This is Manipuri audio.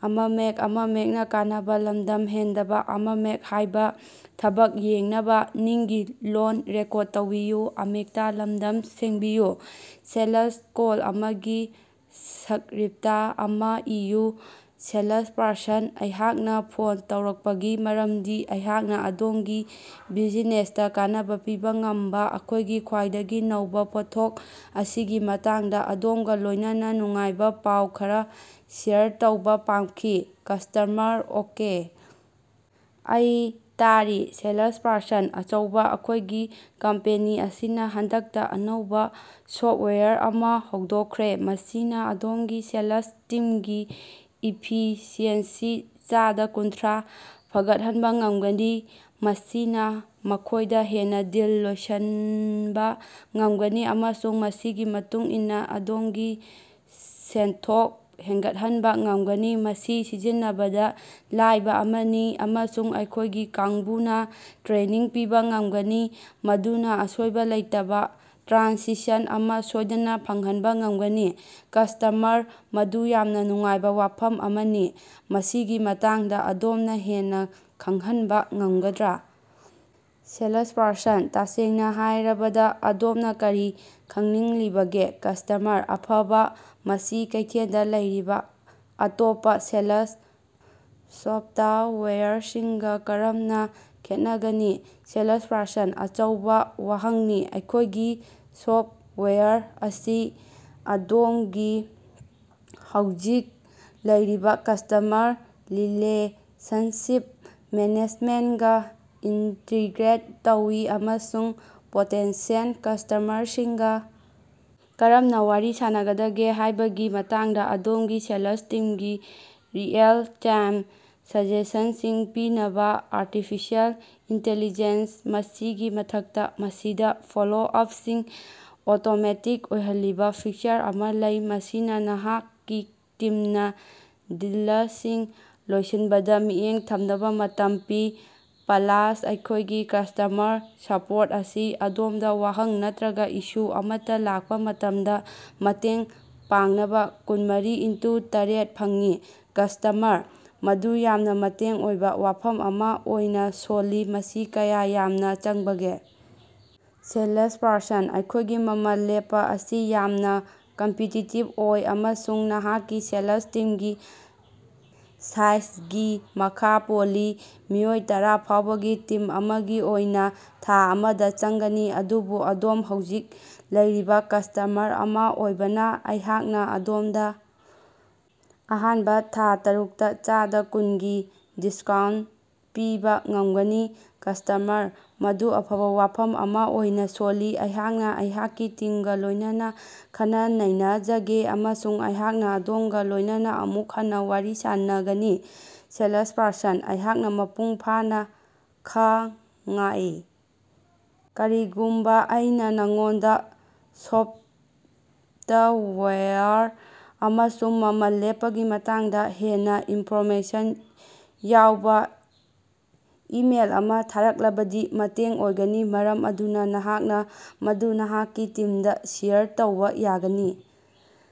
ꯁꯦꯂꯁ ꯀꯣꯜ ꯑꯃꯒꯤ ꯁ꯭ꯛꯔꯤꯞꯇ ꯑꯃꯥ ꯏꯌꯨ꯫ ꯁꯦꯂꯁꯄꯔꯁꯟ: ꯑꯩꯍꯥꯛꯅꯥ ꯐꯣꯟ ꯇꯧꯔꯛꯄꯒꯤ ꯃꯔꯝꯗꯤ ꯑꯩꯍꯥꯛꯅꯥ ꯑꯗꯣꯝꯒꯤ ꯕꯤꯖꯤꯅꯦꯁꯇꯥ ꯀꯥꯟꯅꯕ ꯄꯤꯕ ꯉꯝꯕ ꯑꯩꯈꯣꯏꯒꯤ ꯈ꯭ꯋꯥꯏꯗꯒꯤ ꯅꯧꯕ ꯄꯣꯠꯊꯣꯛ ꯑꯁꯤꯒꯤ ꯃꯇꯥꯡꯗꯥ ꯑꯗꯣꯝꯒꯥ ꯂꯣꯏꯅꯅꯥ ꯅꯨꯡꯉꯥꯏꯕ ꯄꯥꯎ ꯈꯔꯥ ꯁꯦꯌꯔ ꯇꯧꯕ ꯄꯥꯝꯈꯤ꯫ ꯀꯁ꯭ꯇꯃꯔ: ꯑꯣꯀꯦ, ꯑꯩ ꯇꯥꯔꯤ꯫ ꯁꯦꯂꯁꯄꯥꯔꯁꯟ: ꯑꯆꯧꯕ ꯑꯩꯈꯣꯏꯒꯤ ꯀꯝꯄꯦꯅꯤ ꯑꯁꯤꯅꯥ ꯍꯟꯗꯛꯇꯥ ꯑꯅꯧꯕ ꯁꯣꯐꯋꯦꯌꯔ ꯑꯃꯥ ꯍꯧꯗꯣꯛꯈ꯭ꯔꯦ, ꯃꯁꯤꯅꯥ ꯑꯗꯣꯝꯒꯤ ꯁꯦꯂꯁ ꯇꯤꯝꯒꯤ ꯏꯐꯤꯁꯤꯑꯦꯟꯁꯤ ꯆꯥꯗ ꯀꯨꯟꯊꯔꯥ ꯐꯒꯠꯍꯟꯕ ꯉꯝꯒꯅꯤ꯫ ꯃꯁꯤꯅꯥ ꯃꯈꯣꯏꯗ ꯍꯦꯟꯅ ꯗꯤꯜ ꯂꯣꯏꯁꯤꯟꯕ ꯉꯝꯒꯅꯤ, ꯑꯃꯁꯨꯡ ꯃꯁꯤꯒꯤ ꯃꯇꯨꯡ ꯏꯟꯅꯥ, ꯑꯗꯣꯝꯒꯤ ꯁꯦꯟꯊꯣꯛ ꯍꯦꯟꯒꯠꯍꯟꯕ ꯉꯝꯒꯅꯤ꯫ ꯃꯁꯤ ꯁꯤꯖꯤꯟꯅꯕꯗ ꯂꯥꯏꯕ ꯑꯃꯅꯤ, ꯑꯃꯁꯨꯡ ꯑꯩꯈꯣꯏꯒꯤ ꯀꯥꯡꯕꯨꯅꯥ ꯇ꯭ꯔꯦꯅꯤꯡ ꯄꯤꯕ ꯉꯝꯒꯅꯤ ꯃꯗꯨꯅꯥ ꯑꯁꯣꯏꯕ ꯂꯩꯇꯕ ꯇ꯭ꯔꯥꯟꯁꯤꯁꯟ ꯑꯃꯥ ꯁꯣꯏꯗꯅ ꯐꯪꯍꯟꯕ ꯉꯝꯒꯅꯤ꯫ ꯀꯁ꯭ꯇꯃꯔ: ꯃꯗꯨ ꯌꯥꯝꯅ ꯅꯨꯡꯉꯥꯏꯕ ꯋꯥꯐꯝ ꯑꯃꯅꯤ꯫ ꯃꯁꯤꯒꯤ ꯃꯇꯥꯡꯗ ꯑꯗꯣꯝꯅꯥ ꯍꯦꯟꯅ ꯈꯪꯍꯟꯕ ꯉꯝꯒꯗ꯭ꯔꯥ? ꯁꯦꯂꯁꯄꯥꯔꯁꯟ: ꯇꯁꯦꯡꯅꯥ ꯍꯥꯏꯔꯕꯗꯥ ꯑꯗꯣꯝꯅꯥ ꯀꯔꯤ ꯈꯪꯅꯤꯡꯂꯤꯕꯒꯦ? ꯀꯁ꯭ꯇꯃꯔ: ꯑꯐꯕ ꯃꯁꯤ ꯀꯩꯊꯦꯜꯗ ꯂꯩꯔꯤꯕ ꯑꯇꯣꯞꯄꯥ ꯁꯦꯂꯁ ꯁꯣꯐ꯭ꯇꯋꯦꯌꯔꯁꯤꯡꯒꯥ ꯀꯔꯝꯅꯥ ꯈꯦꯠꯅꯕꯒꯦ? ꯁꯦꯂꯁꯄꯔꯁꯟ: ꯑꯆꯧꯕ ꯋꯥꯍꯪꯅꯤ ꯑꯩꯈꯣꯏꯒꯤ ꯁꯣꯐꯋꯦꯌꯔ ꯑꯁꯤ ꯑꯗꯣꯝꯒꯤ ꯍꯧꯖꯤꯛ ꯂꯩꯔꯤꯕ ꯀ꯭ꯁꯇꯃꯔ ꯔꯤꯂꯦꯁꯟꯁꯤꯞ ꯃꯦꯅꯦꯖꯃꯦꯟꯠꯒꯥ ꯏꯟꯇꯤꯒ꯭ꯔꯦꯠ ꯇꯧꯏ ꯑꯃꯁꯨꯡ ꯄꯣꯇꯦꯟꯁꯤꯌꯦꯜ ꯀꯁ꯭ꯇꯃꯔꯁꯤꯡꯒꯥ ꯀꯔꯝꯅꯥ ꯋꯥꯔꯤ ꯁꯥꯟꯅꯒꯗꯒꯦ ꯍꯥꯏꯕꯒꯤ ꯃꯇꯥꯡꯗꯥ ꯑꯗꯣꯝꯒꯤ ꯁꯦꯂꯁ ꯇꯤꯝꯗꯥ ꯔꯤꯑꯦꯜ-ꯇꯥꯏꯝ ꯁꯖꯦꯁꯟꯁꯤꯡ ꯄꯤꯅꯕꯥ ꯑꯔꯇꯤꯐꯤꯁꯦꯜ ꯏꯟꯇꯦꯜꯂꯤꯖꯦꯟ ꯃꯁꯤꯒꯤ ꯃꯊꯛꯇꯥ, ꯃꯁꯤꯗꯥ ꯐꯣꯂꯣ-ꯑꯄꯁꯤꯡ ꯑꯣꯇꯣꯃꯦꯇꯤꯛ ꯑꯣꯏꯍꯜꯂꯤꯕꯥ ꯐꯤꯆꯔ ꯑꯃꯥ ꯂꯩ, ꯃꯁꯤꯅꯥ ꯅꯍꯥꯛꯀꯤ ꯇꯤꯝꯅꯥ ꯗꯤꯂꯁꯤꯡ ꯂꯣꯏꯁꯤꯟꯕꯗꯥ ꯃꯤꯠꯌꯦꯡ ꯊꯝꯅꯕꯥ ꯃꯇꯝ ꯄꯤ꯫ ꯄ꯭ꯂꯥꯁ, ꯑꯩꯈꯣꯏꯒꯤ ꯀꯁ꯭ꯇꯃꯔ ꯁꯄꯣꯔꯠ ꯑꯁꯤ ꯑꯗꯣꯝꯗꯥ ꯋꯥꯍꯪ ꯅꯠꯇ꯭ꯔꯒ ꯏꯁꯨ ꯑꯃꯠꯇꯥ ꯂꯥꯛꯄꯥ ꯃꯇꯝꯗꯥ ꯃꯇꯦꯡ ꯄꯥꯡꯅꯕ ꯀꯨꯟꯃꯔꯤ ꯏꯟꯇꯨ ꯇꯔꯦꯠ ꯐꯪꯏ꯫ ꯀꯁ꯭ꯇꯃꯔ: ꯃꯗꯨ ꯌꯥꯝꯅ ꯃꯇꯦꯡ ꯑꯣꯏꯕ ꯋꯥꯐꯝ ꯑꯃꯥ ꯑꯣꯏꯅ ꯁꯣꯜꯂꯤ꯫ ꯃꯁꯤ ꯀꯌꯥ ꯌꯥꯝꯅ ꯆꯪꯕꯒꯦ? ꯁꯦꯂꯁꯄꯔꯁꯟ: ꯑꯩꯈꯣꯏꯒꯤ ꯃꯃꯜ ꯂꯦꯞꯄꯥ ꯑꯁꯤ ꯌꯥꯝꯅ ꯀꯝꯄꯤꯇꯤꯇꯤꯕ ꯑꯣꯏ ꯑꯃꯁꯨꯡ ꯅꯍꯥꯛꯀꯤ ꯁꯦꯂꯁ ꯇꯤꯝꯒꯤ ꯁꯥꯏꯖꯒꯤ ꯃꯈꯥ ꯄꯣꯜꯂꯤ꯫ ꯃꯤꯑꯣꯏ ꯇꯔꯥ ꯐꯥꯎꯕꯒꯤ ꯇꯤꯝ ꯑꯃꯒꯤ ꯑꯣꯏꯅꯥ ꯊꯥ ꯑꯃꯗꯥ ꯆꯪꯒꯅꯤ꯫ ꯑꯗꯨꯕꯨ, ꯑꯗꯣꯝ ꯍꯧꯖꯤꯛ ꯂꯩꯔꯤꯕ ꯀꯁ꯭ꯇꯃꯔ ꯑꯃꯥ ꯑꯣꯏꯕꯅ, ꯑꯩꯍꯥꯛꯅ ꯑꯗꯣꯝꯗꯥ ꯑꯍꯥꯟꯕ ꯊꯥ ꯇꯔꯨꯛꯇꯥ ꯆꯥꯗ ꯀꯨꯟꯒꯤ ꯗꯤꯁꯀꯥꯎꯟꯇ ꯄꯤꯕ ꯉꯝꯒꯅꯤ꯫ ꯀꯁ꯭ꯇꯃꯔ: ꯃꯗꯨ ꯑꯐꯕ ꯋꯥꯐꯝ ꯑꯃꯥ ꯑꯣꯏꯅ ꯁꯣꯜꯂꯤ꯫ ꯑꯩꯍꯥꯛꯅ ꯑꯩꯍꯥꯛꯀꯤ ꯇꯤꯝꯒꯥ ꯂꯣꯏꯅꯅꯥ ꯈꯟꯅ-ꯅꯩꯅꯖꯒꯦ, ꯑꯃꯁꯨꯡ ꯑꯩꯍꯥꯛꯅ ꯑꯗꯣꯝꯒꯥ ꯂꯣꯏꯅꯅꯥ ꯑꯃꯨꯛ ꯍꯟꯅꯥ ꯋꯥꯔꯤ ꯁꯥꯟꯅꯒꯅꯤ꯫ ꯁꯦꯂꯁꯄꯥꯔꯁꯟ: ꯑꯩꯍꯥꯛꯅꯥ ꯃꯄꯨꯡ ꯐꯥꯅꯥ ꯈꯉꯏ꯫ ꯀꯔꯤꯒꯨꯝꯕ ꯑꯩꯅꯥ ꯅꯉꯣꯟꯗꯥ ꯁꯣꯐꯇꯋꯥꯌꯔ ꯑꯃꯁꯨꯡ ꯃꯃꯜ ꯂꯦꯞꯄꯒꯤ ꯃꯇꯥꯡꯗꯥ ꯍꯦꯟꯅꯥ ꯏꯅꯐꯣꯔꯃꯦꯁꯟ ꯌꯥꯎꯕ ꯏꯃꯦꯏꯜ ꯑꯃꯥ ꯊꯥꯔꯛꯂꯕꯗꯤ ꯃꯇꯦꯡ ꯑꯣꯏꯒꯅꯤ, ꯃꯔꯝ ꯑꯗꯨꯅꯥ ꯅꯍꯥꯛꯅꯥ ꯃꯗꯨ ꯅꯍꯥꯛꯀꯤ ꯇꯤꯝꯗꯥ ꯁꯦꯌꯔ ꯇꯧꯕ ꯌꯥꯒꯅꯤ꯫